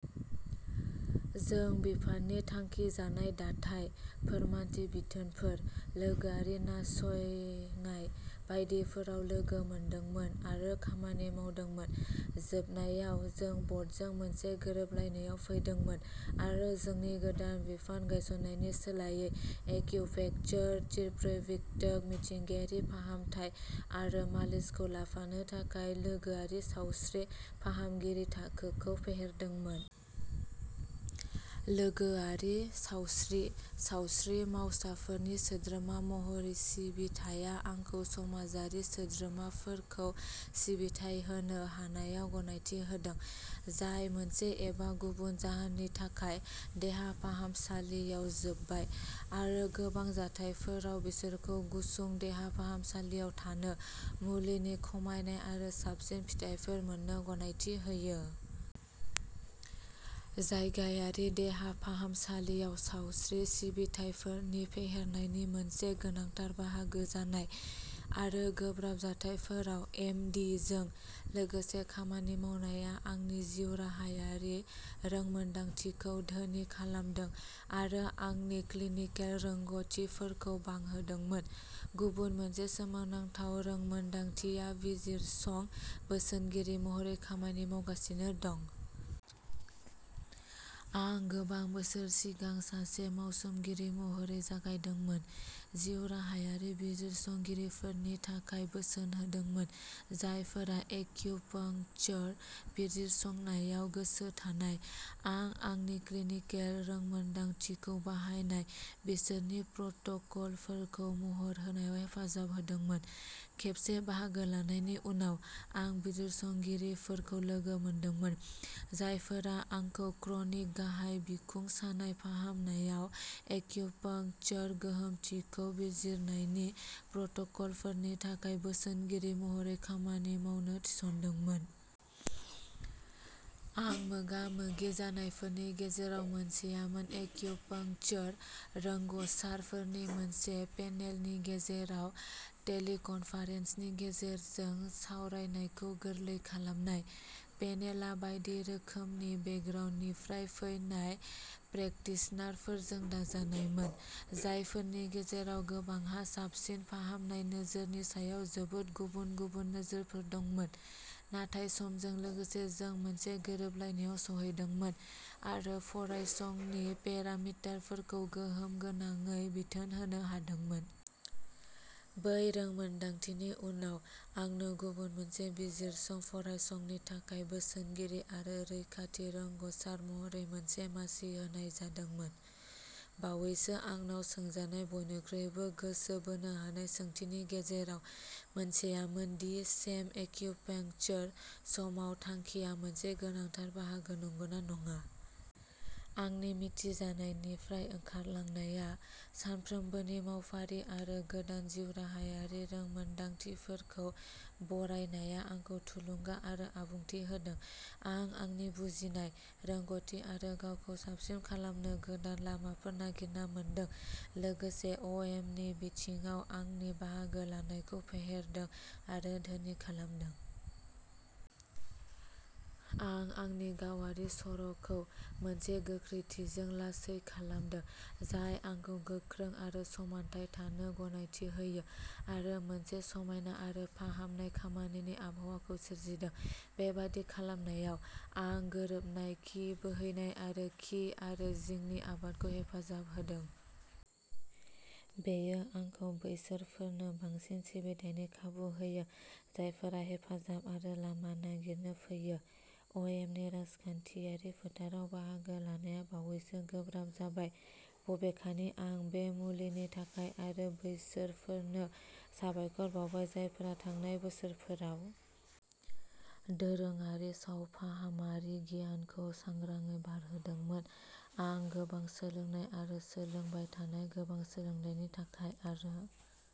जों बिफाननि थांखिजानाय दाथाइ, फोरमानथि बिथोनफोर, लोगोआरि नायसंनाय बायदिफोराव लोगो मोनदोंमोन आरो खामानि मावदोंमोन। जोबनायाव, जों बर्डजों मोनसे गोरोबलायनायाव फैदोंमोन, आरो जोंनि गोदान बिफान गायसननायनि सोलायै, एक्युपंक्चर, चिरप्रैक्टिक, मिथिंगायारि फाहामथाय आरो मालिसखौ लाफानो थाखाय लोगोआरि सावस्रि फाहामगिरि थाखोखौ फेहेरदोंमोन। लोगोआरि सावस्रि सावस्रि मावसाफोरनि सोद्रोमा महरै सिबिथाया आंखौ समाजारि सोद्रोमाफोरखौ सिबिथाइ होनो हानायाव गनायथि होदों, जाय मोनसे एबा गुबुन जाहोननि थाखाय, देहा फाहामसालियाव जोबबाय, आरो गोबां जाथायफोराव बिसोरखौ गुसुं देहा फाहामसालियाव थानो, मुलिनि खमायनाय आरो साबसिन फिथायफोर मोननो गनायथि होयो। जायगायारि देहा फाहामसालियाव सावस्रि सिबिथाइफोरनि फेहेरनायनि मोनसे गोनांथार बाहागो जानाय, आरो गोब्राब जाथायफोराव एम डि जों लोगोसे खामानि मावनाया आंनि जिउराहायारि रोंमोनदांथिखौ धोनि खालामदों आरो आंनि क्लिनिकेल रोंग'थिफोरखौ बांहोदोंमोन। गुबुन मोनसे सोमोनांथाव रोंमोनदांथिया बिजिरसं बोसोनगिरि महरै खामानि मावगासिनो दं। आं गोबां बोसोर सिगां सासे मावसोमगिरि महरै जागायदोंमोन, जिउराहायारि बिजिरसंगिरिफोरनि थाखाय बोसोन होदोंमोन जायफोरा एक्युपंक्चर बिजिरसंनायाव गोसो थानाय। आं आंनि क्लिनिकेल रोंमोनदांथिखौ बाहायना बिसोरनि प्रट'कलफोरखौ महर होनायाव हेफाजाब होदोंमोन। खेबसे बाहागो लानायनि उनाव, आं बिजिरसंगिरिफोरखौ लोगो मोनदोंमोन, जायफोरा आंखौ क्रनिक गाहाय बिखुं सानाय फाहामनायाव एक्युपंक्चरनि गोहोमथिखौ बिजिरनायनि प्रट'कलफोरनि थाखाय बोसोनगिरि महरै खामानि मावनो थिसनदोंमोन। आं मोगा-मोगि जानायफोरनि गेजेराव मोनसेआमोन एक्युपंक्चर रोंग'सार फोरनि मोनसे पेनेलनि गेजेराव टेलिकनफारेन्सनि गेजेरजों सावरायनायखौ गोरलै खालामनाय। पेनेलआ बायदि रोखोमनि बेकग्राउन्डनिफ्राय फैनाय प्रेकटिशनारफोरजों दाजानायमोन, जायफोरनि गेजेराव गोबांहा साबसिन फाहामनाय नोजोरनि सायाव जोबोद गुबुन-गुबुन नोजोरफोर दंमोन, नाथाय समजों लोगोसे जों मोनसे गोरोबलायनायाव सौहैदोंमोन आरो फरायसंनि पेरामिटारफोरखौ गोहोम गोनाङै बिथोन होनो हादोंमोन। बै रोंमोनदांथिनि उनाव, आंनो गुबुन मोनसे बिजिरसं फरायसंनि थाखाय बोसोनगिरि आरो रैखाथि रोंग'सार महरै मोनसे मासि होनाय जादोंमोन। बावैसो आंनाव सोंजानाय बयनिख्रुइबो गोसो बोनो हानाय सोंथिनि गेजेराव मोनसेआमोन दि शेम एक्युपंक्चरनि समाव थांखिया मोनसे गोनांथार बाहागो नंगौना नङा। आंनि मिथिजानायनिफ्राय ओंखारलांनाया। सानफ्रोमबोनि मावफारि आरो गोदान जिउराहायारि रोंमोनदांथिफोरखौ बरायनाया आंखौ थुलुंगा आरो आबुंथि होदों। आं आंनि बुजिनाय, रोंग'थि-आरो गावखौ साबसिन खालामनो गोदान लामाफोर नागिरना मोनदों, लोगोसे अ'एमनि बिथिङाव आंनि बाहागो लानायखौ फेहेरदों आरो धोनि खालामदों। आं आंनि गावारि सर'खौ मोनसे गोख्रैथिजों लासै खालामदों, जाय आंखौ गोख्रों आरो समानथाय थानो गनायथि होयो, आरो मोनसे समायना आरो फाहामनाय खामानिनि आबहावाखौ सोरजिदों। बेबादि खालामनायाव, आं गोरोबनाय कि बोहैनाय आरो कि आरो जिंनि आबादखौ हेफाजाब होदों। बेयो आंखौ बैसोरफोरनो बांसिन सिबिथायनि खाबु होयो जायफोरा हेफाजाब आरो लामा नागिरनो फैयो। अ'एमनि राजखान्थियारि फोथाराव बाहागो लानाया बावैसो गोब्राब जाबाय। बबेखानि, आं बे मुलिनि थाखाय आरो बैसोरफोरनो साबायखर बावबाय जायफोरा थांनाय बोसोरफोराव दोरोङारि सावफाहामारि गियानखौ सांग्राङै बारहोदोंमोन, आं गोबां सोलोंनाय आरो सोलोंबाय थानाय गोबां सोलोंथायनि थाखाय, आरो